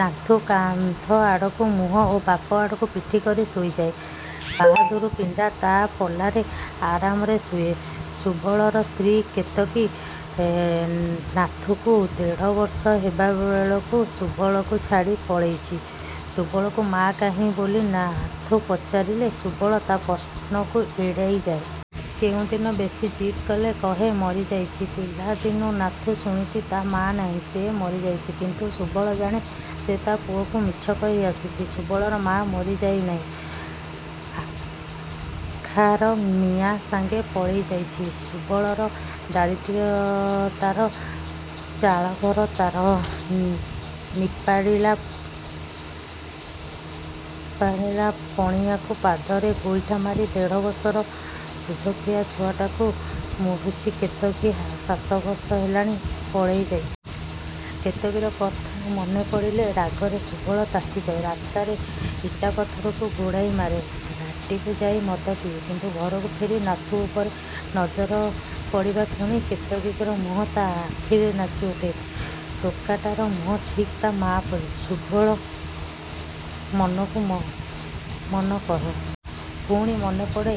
ନାଥୁ କାନ୍ଥ ଆଡ଼କୁ ମୁହଁ ଓ ବାପ ଆଡ଼କୁ ପିଠି କରି ଶୋଇଯାଏ। ବାହାଦୁର ପିଣ୍ଡା ତା ପଲାରେ ଆରାମରେ ଶୁଏ। ସୁବଳର ସ୍ତ୍ରୀ କେତକୀ ନାଥୁକୁ ଦେଢ଼ବର୍ଷ ହେବାବେଳୁ ସୁବଳକୁ ଛାଡ଼ି ପଳେଇଛି। ସୁବଳକୁ 'ମା କାହିଁ' ବୋଲି ନାଥୁ ପଚାରିଲେ ସୁବଳ ତା ପ୍ରଶ୍ନକୁ ଏଡ଼େଇଯାଏ। କେଉଁଦିନ ବେଶି ଜିଦ୍ କଲେ କହେ 'ମରିଯାଇଛି'। ପିଲାଦିନୁ ନାଥୁ ଶୁଣିଛି, ତା ମା ନାହିଁ। ସେ ମରିଯାଇଛି। କିନ୍ତୁ ସୁବଳ ଜାଣେ, ସେ ତା ପୁଅକୁ ମିଛ କହି ଆସିଛି। ସୁବଳର ମା ମରିଯାଇନାହିଁ, ଆଖାର ମିଆଁ ସାଙ୍ଗେ ପଳେଇଯାଇଛି। ସୁବଳର ଦାରିଦ୍ର୍ୟ, ତାର ଚାଳଘର, ତାର ନିପାରିଲା ପାରିଲା ପଣିଆକୁ ପାଦରେ ଗୋଇଠା ମାରି, ଦେଢ଼ବର୍ଷର ଦୁଧଖିଆ ଛୁଆଟାକୁ ମୂରୁଛି କେତକୀ ସାତବର୍ଷ ହେଲାଣି ପଳେଇଯାଇଛି। କେତକୀର କଥା ମନେପଡ଼ିଲେ ରାଗରେ ସୁବଳ ତାତିଯାଏ। ରାସ୍ତାରେ ଇଟାପଥରକୁ ଗୋଇଠା ମାରେ। ଭାଟିକୁ ଯାଇ ମଦ ପିଏ। କିନ୍ତୁ ଘରକୁ ଫେରି ନାଥୁ ଉପରେ ନଜର ପଡ଼ିବା କ୍ଷଣି କେତକୀର ମୁହଁ ତା ଆଖିରେ ନାଚି ଉଠେ। ଟୋକାଟାର ମୁହଁ ଠିକ୍ ତା ମା ପରି, ସୁବଳ ମନକୁ ମନ କହେ। ପୁଣି ମନେପଡ଼େ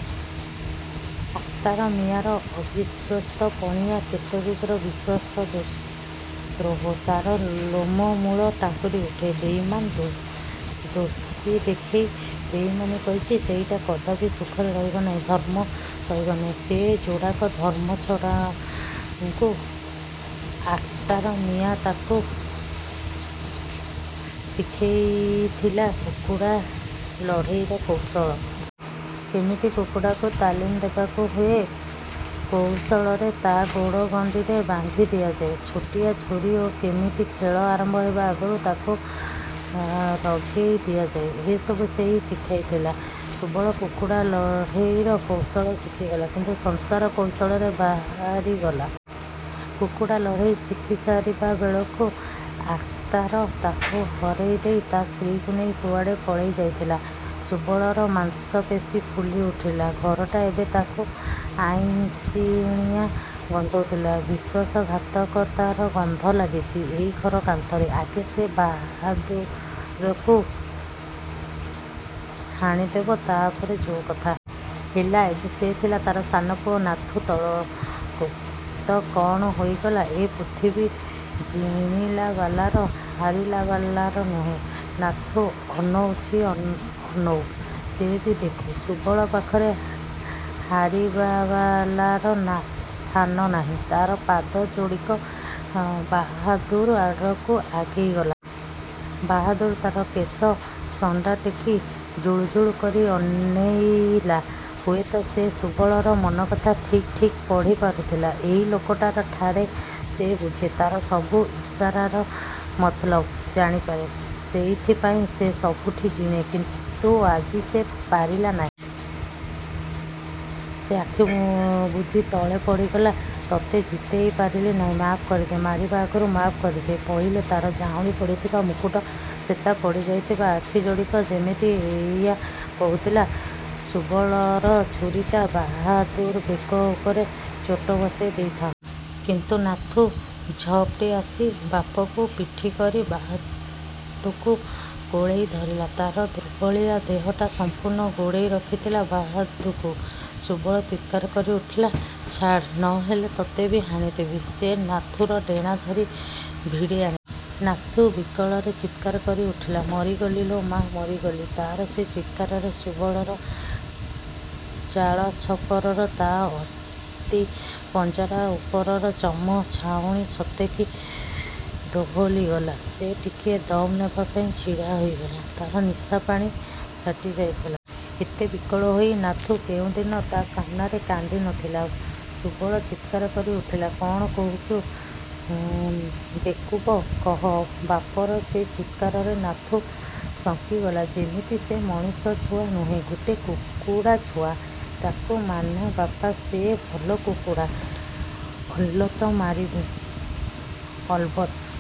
ଆସ୍ଥାର ମିଆଁର ଅବିଶ୍ୱସ୍ତ ପଣିଆ, କେତକୀର ବିଶ୍ୱାସଦ୍ରୋହ। ତାର ଲୋମମୂଳ ଟାଙ୍କୁରି ଉଠେ। ବେଇମାନ! ଦୋସ୍ତି ଦେଖେଇ ବେଇମାନି କରିଛି ସେଇଟା, କଦାପି ସୁଖରେ ରହିବ ନାହିଁ। ଧର୍ମ ସହିବ ନାହିଁ ସେ ଯୋଡ଼ାକ ଧର୍ମଛଡ଼ାଙ୍କୁ। ଆସ୍ଥାର ମିଆଁ ତାକୁ ଶିଖେଇଥିଲା କୁକୁଡ଼ା ଲଢ଼େଇର କୌଶଳ। କେମିତି କୁକୁଡ଼ାକୁ ତାଲିମ ଦେବାକୁ ହୁଏ, କଉଶଳରେ ତା ଗୋଡ଼ ଗଣ୍ଡିରେ ବାନ୍ଧି ଦିଆଯାଏ ଛୋଟିଆ ଛୁରୀ ଓ କେମିତି ଖେଳ ଆରମ୍ଭ ହେବା ଆଗରୁ ତାକୁ ରଗେଇ ଦିଆଯାଏ, ଏସବୁ ସେଇ ଶିଖେଇଥିଲା। ସୁବଳ କୁକୁଡ଼ା ଲଢ଼େଇର କୌଶଳ ଶିଖିଗଲା, କିନ୍ତୁ ସଂସାର କୌଶଳରେ ବାହାରିଗଲା। କୁକୁଡ଼ା ଲଢ଼େଇ ଶିଖିସାରିବା ବେଳକୁ ଆସ୍ଥାର ତାକୁ ହରେଇ ଦେଇ ତା ସ୍ତ୍ରୀକୁ ନେଇ କୁଆଡ଼େ ପଳେଇ ଯାଇଥିଲା। ସୁବଳର ମାଂସପେଶୀ ଫୁଲି ଉଠିଲା। ଘରଟା ଏବେ ତାକୁ ଆଇଁଷିଣିଆ ଗନ୍ଧଉଥିଲା। ବିଶ୍ୱାସଘାତକତାର ଗନ୍ଧ ଲାଗିଛି ଏଇ ଘର କାନ୍ଥରେ। ଆଗେ ସେ ବାହାଦୁରକୁ ହାଣିଦେବ, ତାପରେ ଯୋଉ କଥା। ହେଲା ଏବେ, ସେ ଥିଲା ତାର ସାନପୁଅ, ନାଥୁ ତଳକୁ। ତ କଣ ହୋଇଗଲା? ଏ ପୃଥିବୀ ଜିଣିଲାବାଲାର। ହାରିଲାବାଲାର ନୁହେଁ। ନାଥୁ ଅନଉଛି, ଅନଉ। ସେ ବି ଦେଖୁ। ସୁବଳ ପାଖରେ ହାରିବାବାଲାର ନା ଥାନ ନାହିଁ। ତାର ପାଦ ଯୋଡ଼ିକ ବାହାଦୁର୍ ଆଡ଼କୁ ଆଗେଇଗଲା। ବାହାଦୁର୍ ତାର ବେଶ ଶଣ୍ଢା ଟେକି ଜୁଳୁଜୁଳୁ କରି ଅନେଇଲା। ହୁଏତ ସେ ସୁବଳର ମନକଥା ଠିକ୍ ଠିକ୍ ପଢ଼ି ପାରୁଥିଲା। ଏଇ ଲୋକଟାର ଠାରେ ସେ ବୁଝେ। ତାର ସବୁ ଇସାରାର ମତଲବ ଜାଣିପାରେ। ସେଇଥିପାଇଁ ସେ ସବୁଠି ଜିଣେ। କିନ୍ତୁ ଆଜି ସେ ପାରିଲା ନାହିଁ। ସେ ଆଖିମୁଦି ତଳେ ପଡ଼ିଗଲା, ତୋତେ ଜିତେଇ ପାରିଲି ନାହିଁ, ମାଫ୍ କରିଦେ। ମାରିବା ଆଗରୁ ମାଫ୍ କରିଦେ ପହିଲେ, ତାର ଝାଉଁଳି ପଡ଼ିଥିବା ମୁକୁଟ, ଶେତା ପଡ଼ିଯାଇଥିବା ଆଖିଯୋଡ଼ିକ ଯେମିତି ଏଇଆ କହୁଥିଲା। ସୁବଳର ଛୁରୀଟା ବାହାଦୁର୍ ବେକ ଉପରେ ଚୋଟ ବସେଇ ଦେଇଥାଆନ୍ତା। କିନ୍ତୁ ନାଥୁ ଝପଟି ଆସି ବାପକୁ ପିଠି କରି ବାହାଦୁକୁ କୋଳେଇ ଧରିଲା। ତାର ଦୁର୍ବଳିଆ ଦେହଟା ସଂପୂର୍ଣ୍ଣ ଘୋଡ଼େଇ ରଖିଥିଲା ବାହାଦୁକୁ। ସୁବଳ ଚିତ୍କାର କରି ଉଠିଲା, "ଛାଡ୍, ନ ହେଲେ ତୋତେ ବି ହାଣିଦେବି।" ସେ ନାଥୁର ଡେଣା ଧରି ଭିଡ଼ି ଆ। ନାଥୁ ବିକଳରେ ଚିତ୍କାର କରି ଉଠିଲା, "ମରିଗଲି ଲୋ ମା, ମରିଗଲି " ତାର ସେ ଚିତ୍କାରରେ ସୁବଳର ଚାଳଛପରର, ତା ଅସ୍ଥିପଞ୍ଜରା ଉପରର ଚମ ଛାଉଣି ସତେ କି ଦୋହଲିଗଲା। ସେ ଟିକିଏ ଦମ୍ ନେବା ପାଇଁ ଛିଡ଼ା ହୋଇଗଲା। ତାର ନିଶା ପାଣି ଫାଟିଯାଇଥିଲା। ଏତେ ବିକଳ ହୋଇ ନାଥୁ କେଉଁଦିନ ତା ସାମ୍ନାରେ କାନ୍ଦି ନଥିଲା। ସୁବଳ ଚିତ୍କାର କରି ଉଠିଲା, "କଣ କହୁଛୁ ବେକୁବ? କହ!" ବାପର ସେ ଚିତ୍କାରରେ ନାଥୁ ଶଙ୍କିଗଲା। ଯେମିତି ସେ ମଣିଷଛୁଆ ନୁହେଁ, ଗୋଟେ କୁକୁଡ଼ାଛୁଆ। "ତାକୁ ମାନେ ବାପା। ସେ ଭଲ କୁକୁଡ଼ା।" "ଅଲ୍ବତ୍ ମାରିବି। ଅଲବତ୍।"